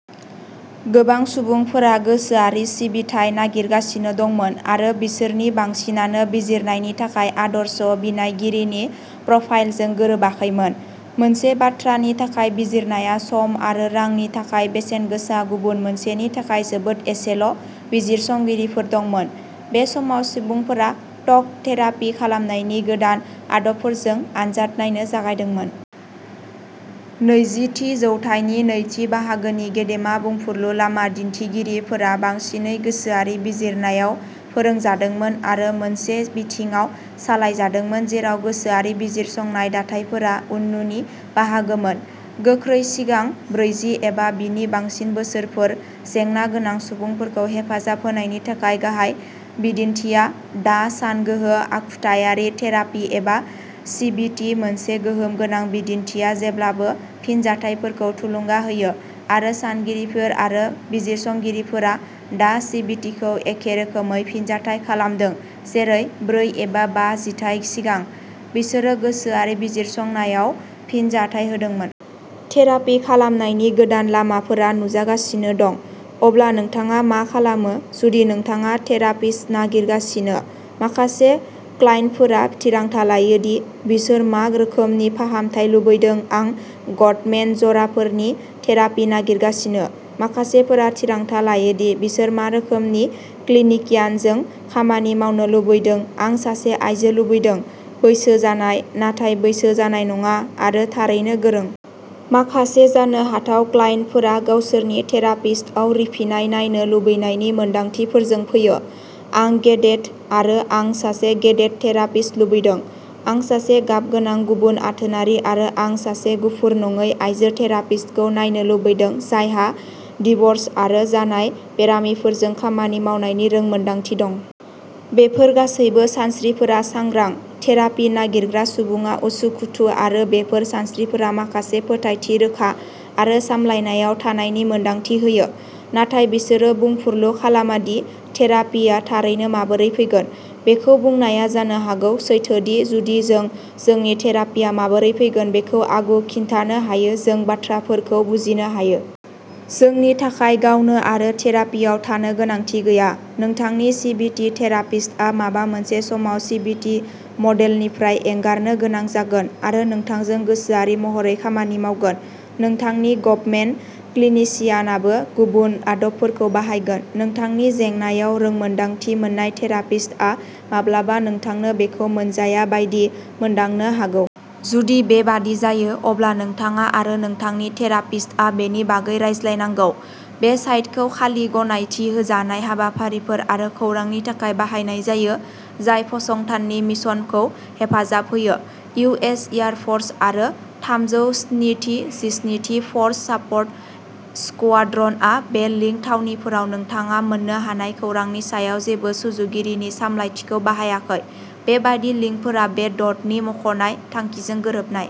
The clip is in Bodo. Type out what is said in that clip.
गोबां सुबुंफोरा गोसोआरि सिबिथाय नागिरगासिनो दंमोन आरो बिसोरनि बांसिनानो बिजिरनायनि थाखाय आदर्श बिनायगिरिनि प्रफाइलजों गोरोबाखैमोन। मोनसे बाथ्रानि थाखाय बिजिरनाया सम आरो रांनि थाखाय बेसेन गोसा गुबुन मोनसेनि थाखाय जोबोद एसेल' बिजिरसंगिरिफोर दंमोन। बे समाव सुबुंफोरा ट'क थेरापि खालामनायनि गोदान आदबफोरजों आनजाद नायनो जागायदोंमोन। नैजिथि जौथाइनि नैथि बाहागोनि गेदेमा बुंफुरलु लामा दिन्थिगिरिफोरा बांसिनै गोसोआरि बिजिरनायाव फोरोंजादोंमोन आरो मोनसे बिथिङाव सालायजादोंमोन जेराव गोसोआरि बिजिरसंनाय दाथायफोरा उननुनि बाहागोमोन। गोख्रै सिगां ब्रैजि एबा बिनि बांसिन बोसोरफोर जेंना गोनां सुबुंफोरखौ हेफाजाब होनायनि थाखाय गाहाय बिदिनथिया दा सानगोहो आखुथायारि थेरापि एबा सिबिटि मोनसे गोहोम गोनां बिदिनथिया जेब्लाबो फिनजाथायफोरखौ थुलुंगा होयो आरो सानगिरिफोर आरो बिजिरसंगिरिफोरा दा सिबिटिखौ एखे रोखोमै फिनजाथाय खालामदों जेरै, ब्रै एबा बा जिथाय सिगां, बिसोरो गोसोआरि बिजिरसंनायाव फिनजाथाय होदोंमोन। थेरापि खालामनायनि गोदान लामाफोरा नुजागासिनो दं। अब्ला नोंथाङा मा खालामो जुदि नोंथाङा थेरापिस्ट नागिरगासिनो। माखासे क्लाइन्टफोरा थिरांथा लायो दि बिसोर मा रोखोमनि फाहामथाय लुबैदों आं गटमेन जराफोरनि थेरापि नागिरगासिनो। माखासेफोरा थिरांथा लायो दि बिसोर मा रोखोमनि क्लिनिकियानजों खामानि मावनो लुबैदों आं सासे आयजो लुबैदों, बैसो जानाय, नाथाय बैसो जानाय नङा, आरो थारैनो गोरों। माखासे जानो हाथाव क्लाइन्टफोरा गावसोरनि थेरापिस्टआव रिफिनाय नायनो लुबैनायनि मोन्दांथिफोरजों फैयो। आं गेदेथ आरो आं सासे गेदेथ थेरापिस्ट लुबैदों। आं सासे गाबगोनां गुबुन आथोनारि आरो आं सासे गुफुर नङै आइजो थेरापिस्टखौ नायनो लुबैदों जायहा डिव'र्स आरो जानाय बेरामफोरजों खामानि मावनायनि रोंमोनदांथि दं। बेफोर गासैबो सानस्रिफोरा सांग्रां। थेरापि नागिरग्रा सुबुङा उसुखुथु आरो बेफोर सानस्रिफोरा माखासे फोथायथि रोखा आरो सामलायनायाव थानायनि मोनदांथि होयो। नाथाय बिसोरो बुंफुरलु खालामा दि थेरापिआ थारैनो माबोरै फैगोन। बेखौ बुंनाया जानो हागौ सैथो दि जुदि जों जोंनि थेरापिआ माबोरै फैगोन बेखौ आगु खिन्थानो हायो जों बाथ्राफोरखौ बुजिनो हायो। जोंनि थाखाय गावनो आरो थेरापियाव थानो गोनांथि गैया। नोंथांनि सिबिटि थेरापिस्टआ माबा मोनसे समाव सिबिटि मडेलनिफ्राय एंगारनो गोनां जागोन आरो नोंथांजों गोसोआरि महरै खामानि मावगोन। नोंथांनि गबमेन क्लिनिसियानाबो गुबुन आदबफोरखौ बाहायगोन। नोंथांनि जेंनाआव रोंमोन्दांथि मोननाय थेरापिस्टआ माब्लाबा नोंथांनो बेखौ मोनजाया बायदि मोनदांनो हागौ। जुदि बेबादि जायो अब्ला नोंथाङा आरो नोंथांनि थेरापिस्टआ बेनि बागै रायज्लायनांगौ। बे साइटखौ खालि गनायथि होजानाय हाबाफारिफोर आरो खौरांनि थाखाय बाहायनाय जायो जाय फसंथाननि मिशनखौ हेफाजाब होयो। इउ. एस. एयार फोर्स आरो थामजौ स्थिनिजिस्निथि फर्स सापर्ट स्क्वाड्रनआ बे लिंक थावनिफोराव नोंथाङा मोन्नो हानाय खौरांनि सायाव जेबो सुजुगिरिनि सामलायथिखौ बाहायाखै। बेबादि लिंकफोरा बे ड'डनि मख'नाय थांखिजों गोरोबनाय।